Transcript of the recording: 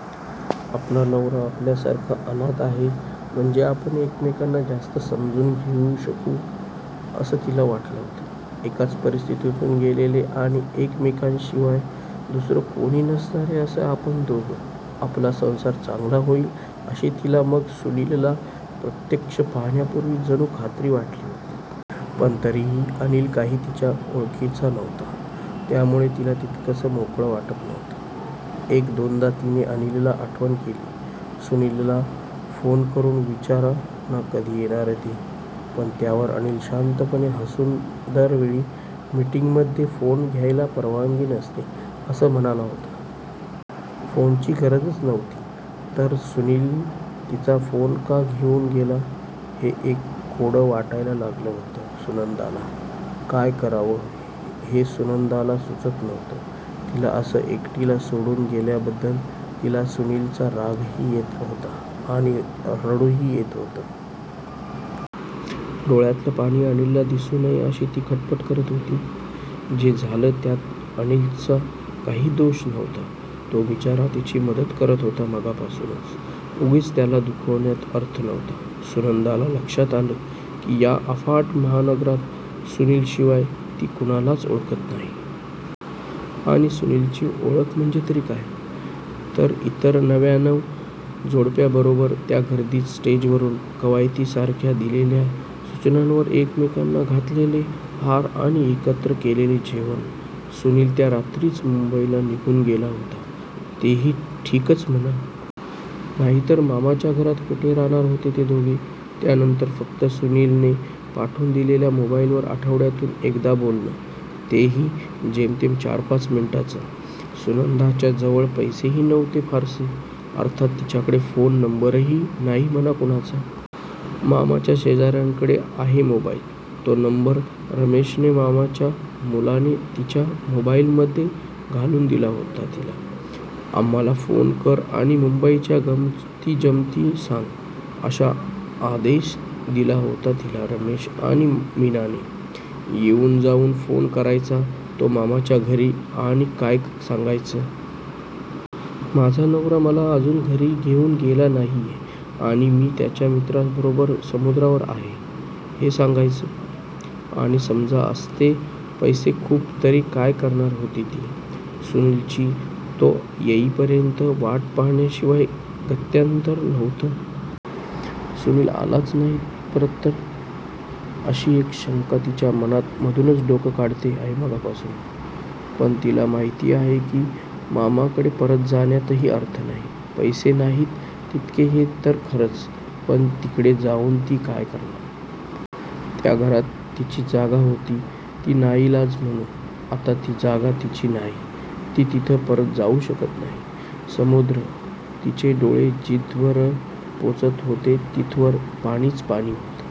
आपला नवरा आपल्यासारखा अनाथ आहे म्हणजे आपण एकमेकांना जास्त समजून घेऊ शकू असं तिला वाटलं होतं. एकाच परिस्थितीतून गेलेले आणि एकमेकांशिवाय दुसरं कोणी नसणारे असे आपण दोघं, आपला संसार चांगला होईल अशी तिला मग सुनीलला प्रत्यक्ष पाहण्यापूर्वी जणू खात्री वाटली होती. पण तरीही अनिल काही तिच्या ओळखीचा नव्हता, त्यामुळे तिला तितकंसं मोकळं वाटत नव्हतं. एक दोनदा तिने अनिलला आठवण केली, सुनीलला फोन करून विचारा ना कधी येणार ते. पण त्यावर अनिल शांतपणे हसून दर वेळी, मीटिंगमध्ये फोन घ्यायला परवानगी नसते, असं म्हणाला होता. फोनची गरजच नव्हती तर सुनील तिचा फोन का घेऊन गेला हे एक कोडं वाटायला लागलं होतं सुनंदाला. काय करावं हे सुनंदाला सुचत नव्हतं. तिला असं एकटीला सोडून गेल्याबद्दल तिला सुनीलचा रागही येत होता आणि रडूही येत होतं. डोळ्यातलं पाणी अनिलला दिसू नये अशी ती खटपट करत होती. जे झालं त्यात अनिलचा काही दोष नव्हता, तो बिचारा तिची मदत करत होता मघापासून. उगीच त्याला दुखावण्यात अर्थ नव्हता. सुनंदाला लक्षात आलं की या अफाट महानगरात सुनीलशिवाय ती कुणालाच ओळखत नाही. आणि सुनीलची ओळख म्हणजे तरी काय? तर इतर नव्व्याणव जोडप्यांबरोबर त्या गर्दीत स्टेजवरून कवायतीसारख्या दिलेल्या सूचनांवर एकमेकांना घातलेले हार आणि एकत्र केलेलं जेवण. सुनील त्या रात्रीच मुंबईला निघून गेला होता, तेही ठीकच म्हणा. नाहीतरी मामाच्या घरात कुठे राहणार होते ते दोघं? त्यानंतर फक्त सुनीलने पाठवून दिलेल्या मोबाईलवर आठवड्यातून एकदा बोलणं, तेही जेमतेम चार पाच मिनिटांचं. सुनंदाच्या जवळ पैसेही नव्हते फारसे. अर्थात तिच्याकडे फोन नंबरही नाही म्हणा कुणाचा. मामाच्या शेजाऱ्यांकडे आहे मोबाईल, तो नंबर रमेशने, मामाच्या मुलाने, तिच्या मोबाईलमध्ये घालून दिला होता तिला. आम्हाला फोन कर आणि मुंबईच्या गमतीजमती सांग, असा आदेश दिला होता तिला रमेश आणि मीनाने. येऊन जाऊन फोन करायचा तो मामाच्या घरी, आणि काय सांगायचं? माझा नवरा मला अजून घरी घेऊन गेला नाहीये आणि मी त्याच्या मित्राबरोबर समुद्रावर आहे, हे सांगायचं? आणि समजा असते पैसे खूप तरी काय करणार होती ती? सुनीलची तो येईपर्यंत वाट पाहण्याशिवाय गत्यंतर नव्हतं. सुनील आलाच नाही परत तर? अशी एक शंका तिच्या मनात मधूनच डोकं काढते आहे मघापासून. पण तिला माहिती आहे की मामाकडे परत जाण्यातही अर्थ नाही. पैसे नाहीत तितके हे तर खरंच, पण तिकडे जाऊन ती काय करणार? त्या घरात तिची जागा होती ती नाईलाज म्हणून. आता ती जागा तिची नाही, ती तिथं परत जाऊ शकत नाही. समुद्र! तिचे डोळे जिथवर पोचत होते तिथवर पाणीच पाणी होतं!